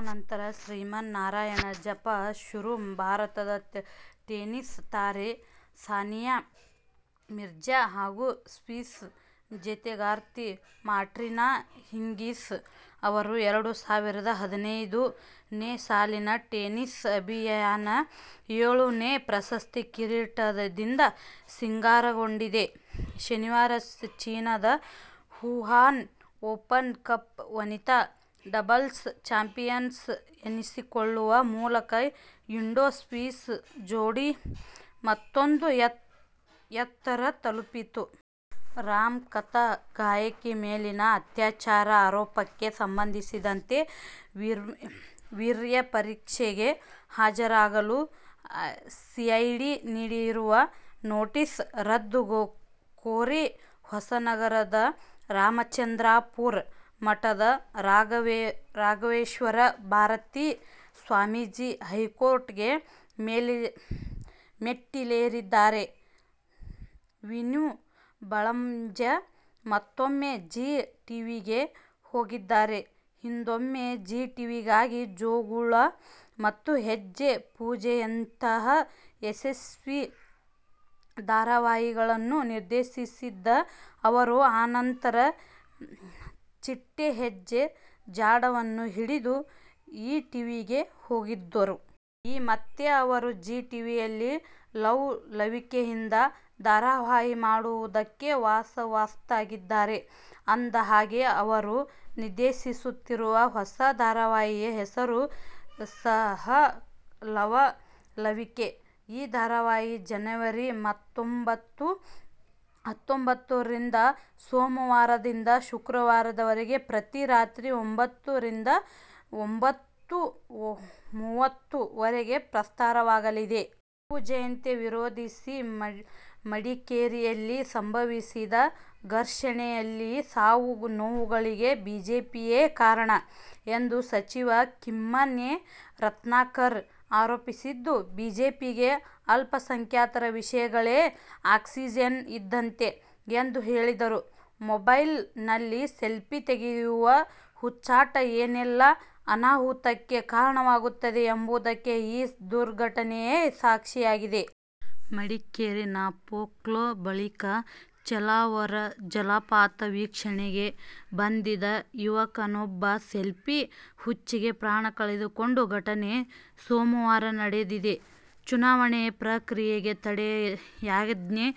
ಆ ನಂತರ ಶ್ರೀಮನ್ನಾರಾಯಣ ಜಪ ಶುರು. ಭಾರತದ ಟೆನಿಸ್ ತಾರೆ ಸಾನಿಯಾ ಮಿರ್ಜಾ ಹಾಗೂ ಸ್ವಿಸ್ ಜತೆಗಾರ್ತಿ ಮಾರ್ಟಿನಾ ಹಿಂಗಿಸ್ ಅವರ ಎರಡು ಸಾವಿರದ ಹದಿನೈದು ನೇ ಸಾಲಿನ ಟೆನಿಸ್ ಅಭಿಯಾನ ಏಳು ನೇ ಪ್ರಶಸ್ತಿ ಕಿರೀಟದಿಂದ ಸಿಂಗಾರಗೊಂಡಿದೆ. ಶನಿವಾರ ಚೀನದ ವುಹಾನ್ ಓಪನ್ ಕಪ್ ವನಿತಾ ಡಬಲ್ಸ್ ಚಾಂಪಿಯನ್ಸ್ ಎನಿಸಿಕೊಳ್ಳುವ ಮೂಲಕ ಇಂಡೋ-ಸ್ವಿಸ್ ಜೋಡಿ ಮತ್ತೂಂದು ಎತ್ತರ ತಲುಪಿತು. ರಾಮಕಥಾ ಗಾಯಕಿ ಮೇಲಿನ ಅತ್ಯಾಚಾರ ಆರೋಪಕ್ಕೆ ಸಂಬಂಧಿಸಿದಂತೆ ವೀರ್ಯ ಪರೀಕ್ಷೆಗೆ ಹಾಜರಾಗಲು ಸಿಐಡಿ ನೀಡಿರುವ ನೋಟಿಸ್ ರದ್ದು ಕೋರಿ ಹೊಸನಗರದ ರಾಮಚಂದ್ರಾಪುರ ಮಠದ ರಾಘವೇಶ್ವರ ಭಾರತೀ ಸ್ವಾಮೀಜಿ ಹೈಕೋರ್ಟ್ಗೆ ಮೆಟ್ಟಿಲೇರಿದ್ದಾರೆ. ವಿನು ಬಳಂಜ ಮತ್ತೂಮ್ಮೆ ಜೀ ಟಿವಿಗೆ ಹೋಗಿದ್ದಾರೆ. ಹಿಂದೊಮ್ಮೆ ಜೀ ಟಿವಿಗಾಗಿ ಜೋಗುಳ ಮತ್ತು ಗೆಜ್ಜೆಪೂಜೆಯಂತಹ ಯಶಸ್ವಿ ಧಾರಾವಾಹಿಗಳನ್ನು ನಿರ್ದೇಶಿಸಿದ್ದ ಅವರು, ಆ ನಂತರ ಚಿಟ್ಟೆ ಹೆಜ್ಜೆ ಜಾಡನ್ನು ಹಿಡಿದು ಈಟಿವಿಗೆ ಹೋಗಿದ್ದರು. ಈಗ ಮತ್ತೆ ಅವರು ಜೀ ಟಿವಿಯಲ್ಲಿ ಲವ್ ಲವಿಕೆಯಿಂದ ಧಾರಾವಾಹಿ ಮಾಡುವುದಕ್ಕೆ ವಾಪಸ್ಸಾಗಿದ್ದಾರೆ. ಅಂದ ಹಾಗೆ, ಅವರು ನಿರ್ದೇಶಿಸುತ್ತಿರುವ ಹೊಸ ಧಾರಾವಾಹಿಯ ಹೆಸರು ಸಹ ಲವ್ ಲವಿಕೆ. ಈ ಧಾರಾವಾಹಿ ಜನವರಿ ಹತ್ತೊಂಬತ್ತು ರಿಂದ ಸೋಮವಾರದಿಂದ ಶುಕ್ರವಾರದವರೆಗೆ ಪ್ರತಿ ರಾತ್ರಿ ಒಂಬತ್ತು ರಿಂದ ಒಂಬತ್ತು: ಮೂವತ್ತು ರವರೆಗೆ ಪ್ರಸಾರವಾಗಲಿದೆ. ಟಿಪ್ಪು ಜಯಂತಿ ವಿರೋಧಿಸಿ ಮಡಿಕೇರಿಯಲ್ಲಿ ಸಂಭವಿಸಿದ ಘರ್ಷಣೆಯಲ್ಲಿನ ಸಾವು ನೋವುಗಳಿಗೆ ಬಿಜೆಪಿಯೇ ಕಾರಣ ಎಂದು ಸಚಿವ ಕಿಮ್ಮನೆ ರತ್ನಾಕರ್ ಆರೋಪಿಸಿದ್ದು, ಬಿಜೆಪಿಗೆ ಅಲ್ಪಸಂಖ್ಯಾತರ ವಿಷಯಗಳೇ ಆಕ್ಸಿಜನ್ ಇದ್ದಂತೆ ಎಂದು ಹೇಳಿದರು. ಮೊಬೈಲ್ ನಲ್ಲಿ ಸೆಲ್ಫಿ ತೆಗೆಯುವ ಹುಚ್ಚಾಟ ಏನೇಲ್ಲಾ ಅನಾಹುತಕ್ಕೆ ಕಾರಣವಾಗುತ್ತದೆ ಎಂಬುದಕ್ಕೆ ಈ ದುರ್ಘಟನೆಯೇ ಸಾಕ್ಷಿಯಾಗಿದೆ. ಮಡಿಕೇರಿ ನಾಫೋಕ್ಲು ಬಳಿಯ ಚೇಲಾವರ ಜಲಪಾತ ವೀಕ್ಷಣೆಗೆ ಬಂದಿದ್ದ ಯುವಕನೊಬ್ಬ ಸೆಲ್ಫಿಯ ಹುಚ್ಚಿಗೆ ಪ್ರಾಣ ಕಳೆದುಕೊಂಡ ಘಟನೆ ಸೋಮವಾರ ನಡೆದಿದೆ. ಚುನಾವಣೆ ಪ್ರಕ್ರಿಯೆಗೆ ತಡೆಯಾಜ್ಞೆ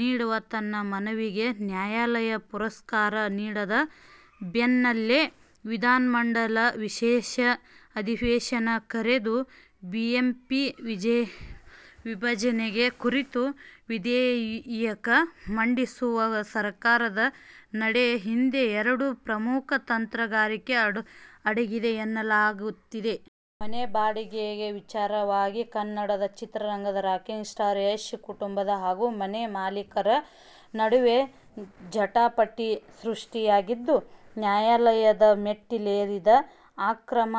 ನೀಡುವ ತನ್ನ ಮನವಿಗೆ ನ್ಯಾಯಾಲಯ ಪುರಸ್ಕಾರ ನೀಡದ ಬೆನ್ನಲ್ಲೇ ವಿಧಾನಮಂಡಲ ವಿಶೇಷ ಅಧಿವೇಶನ ಕರೆದು ಬಿಬಿಎಂಪಿ ವಿಭಜನೆ ಕುರಿತ ವಿಧೇಯಕ ಮಂಡಿಸುವ ಸರ್ಕಾರದ ನಡೆಯ ಹಿಂದೆ ಎರಡು ಪ್ರಮುಖ ತಂತ್ರಗಾರಿಕೆ ಅಡಗಿದೆ ಎನ್ನಲಾಗುತ್ತಿದೆ. ಮನೆ ಬಾಡಿಗೆ ವಿಚಾರವಾಗಿ ಕನ್ನಡ ಚಿತ್ರರಂಗದ ರಾಕಿಂಗ್ ಸ್ಟಾರ್ ಯಶ್ ಕುಟುಂಬ ಹಾಗೂ ಮನೆ ಮಾಲೀಕರ ನಡುವೆ ಜಟಾಪಟಿ ಸೃಷ್ಟಿಯಾಗಿದ್ದು, ನ್ಯಾಯಾಲಯದ ಮೆಟ್ಟಿಲೇರಿದೆ. ಅಕ್ರಮ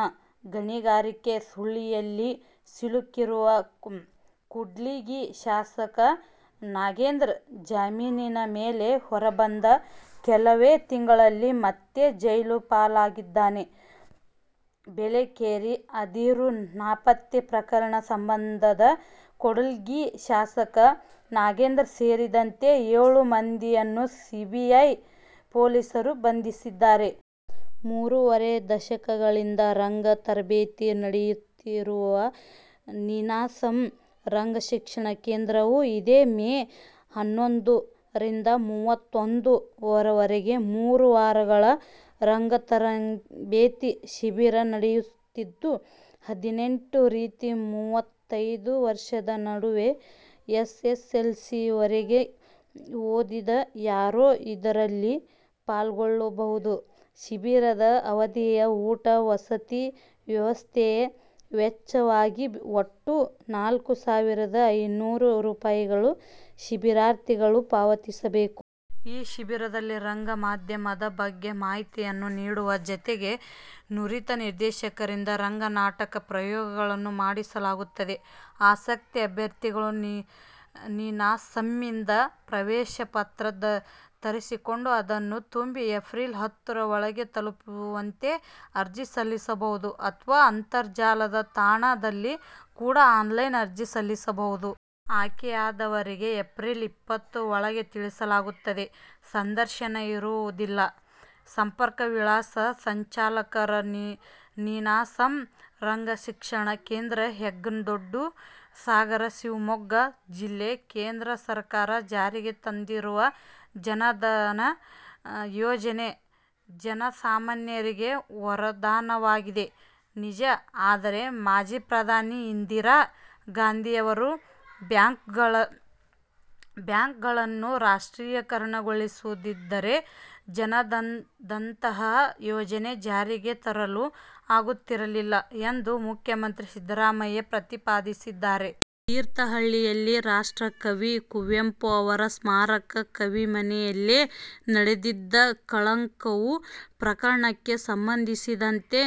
ಗಣಿಗಾರಿಕೆ ಸುಳಿಯಲ್ಲಿ ಸಿಲುಕಿರುವ ಕೂಡ್ಲಿಗಿ ಶಾಸಕ ನಾಗೇಂದ್ರ ಜಾಮೀನಿನ ಮೇಲೆ ಹೊರಬಂದ ಕೆಲವೇ ತಿಂಗಳಲ್ಲಿ ಮತ್ತೆ ಜೈಲು ಪಾಲಾಗಿದ್ದಾರೆ. ಬೇಲೆಕೇರಿ ಅದಿರು ನಾಪತ್ತೆ ಪ್ರಕರಣ ಸಂಬಂಧ ಕೂಡ್ಲಿಗಿ ಶಾಸಕ ನಾಗೇಂದ್ರ ಸೇರಿದಂತೆ ಏಳು ಮಂದಿಯನ್ನು ಸಿಬಿಐ ಪೊಲೀಸರು ಬಂಧಿಸಿದ್ದಾರೆ. ಮೂರೂವರೆ ದಶಕಗಳಿಂದ ರಂಗ ತರಬೇತಿ ನಡೆಸುತ್ತಿರುವ ನೀನಾಸಮ್ ರಂಗ ಶಿಕ್ಷಣ ಕೇಂದ್ರವು ಇದೇ ಮೇ ಹನ್ನೊಂದು ರಿಂದ ಮೂವತ್ತೊಂದು ರವರೆಗೆ ಮೂರು ವಾರಗಳ ರಂಗತರಬೇತಿ ಶಿಬಿರ ನಡೆಸುತ್ತಿದ್ದು, ಹದಿನೆಂಟು ರಿಂದ ಮೂವತೈದು ವರ್ಷದ ನಡುವಿನ ಎಸ್ಎಸ್ಎಲ್ಸಿವರೆಗೆ ಓದಿದ ಯಾರೂ ಇದರಲ್ಲಿ ಪಾಲ್ಗೊಳ್ಳಬಹುದು. ಶಿಬಿರದ ಅವಧಿಯ ಊಟ-ವಸತಿ ವ್ಯವಸ್ಥೆಯ ವೆಚ್ಚವಾಗಿ ಒಟ್ಟು ನಾಲ್ಕು ಸಾವಿರದ ಐನ್ನೂರು ರೂಪಾಯಿಗಳನ್ನು ಶಿಬಿರಾರ್ಥಿಗಳು ಪಾವತಿಸಬೇಕು. ಈ ಶಿಬಿರದಲ್ಲಿ ರಂಗಮಾಧ್ಯಮದ ಬಗ್ಗೆ ಮಾಹಿತಿಗಳನ್ನು ನೀಡುವ ಜತೆಗೆ ನುರಿತ ನಿರ್ದೇಶಕರಿಂದ ರಂಗನಾಟಕ ಪ್ರಯೋಗಗಳನ್ನೂ ಮಾಡಿಸಲಾಗುತ್ತದೆ. ಆಸಕ್ತ ಅಭ್ಯರ್ಥಿಗಳು ನೀನಾಸಮ್ನಿಂದ ಪ್ರವೇಶ ಪತ್ರ ತರಿಸಿಕೊಂಡು ಅದನ್ನು ತುಂಬಿ ಎಪ್ರಿಲ್ ಹತ್ತು ರೊಳಗೆ ತಲುಪುವಂತೆ ಅರ್ಜಿ ಸಲ್ಲಿಸಬಹುದು. ಅಥವಾ ಅಂತರ್ಜಾಲ ತಾಣ ದಲ್ಲಿ ಕೂಡ ಆನ್ಲೈನ್ ಅರ್ಜಿ ಸಲ್ಲಿಸಬಹುದು. ಆಯ್ಕೆಯಾದವರಿಗೆ ಎಪ್ರಿಲ್ ಇಪ್ಪತ್ತು ರೊಳಗೆ ತಿಳಿಸಲಾಗುತ್ತದೆ. ಸಂದರ್ಶನ ಇರುವುದಿಲ್ಲ. ಸಂಪರ್ಕ ವಿಳಾಸ: ಸಂಚಾಲಕರು, ನೀನಾಸಮ್ ರಂಗಶಿಕ್ಷಣ ಕೇಂದ್ರ, ಹೆಗ್ಗೋಡು, ಸಾಗರ, ಶಿವಮೊಗ್ಗ ಜಿಲ್ಲೆ. ಕೇಂದ್ರ ಸರ್ಕಾರ ಜಾರಿಗೆ ತಂದಿರುವ ಜನಧನ ಯೋಜನೆ ಜನಸಾಮಾನ್ಯರಿಗೆ ವರದಾನವಾಗಿದೆ, ನಿಜ. ಆದರೆ, ಮಾಜಿ ಪ್ರಧಾನಿ ಇಂದಿರಾ ಗಾಂಧಿಯವರು ಬ್ಯಾಂಕ್ಗಳನ್ನು ರಾಷ್ಟ್ರೀಕರಣಗೊಳಿಸದಿದ್ದರೆ ಜನಧನದಂತಹ ಯೋಜನೆ ಜಾರಿಗೆ ತರಲು ಆಗುತ್ತಿರಲಿಲ್ಲ ಎಂದು ಮುಖ್ಯಮಂತ್ರಿ ಸಿದ್ದರಾಮಯ್ಯ ಪ್ರತಿಪಾದಿಸಿದ್ದಾರೆ. ತೀರ್ಥಹಳ್ಳಿಯಲ್ಲಿನ ರಾಷ್ಟ್ರಕವಿ ಕುವೆಂಪು ಅವರ ಸ್ಮಾರಕ ಕವಿಮನೆಯಲ್ಲಿ ನಡೆದಿದ್ದ ಕಳವು ಪ್ರಕರಣಕ್ಕೆ ಸಂಬಂಧಿಸಿದಂತೆ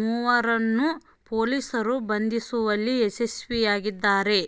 ಮೂವರನ್ನು ಪೊಲೀಸರು ಬಂಧಿಸುವಲ್ಲಿ ಯಶಸ್ವಿಯಾಗಿದ್ದಾರೆ.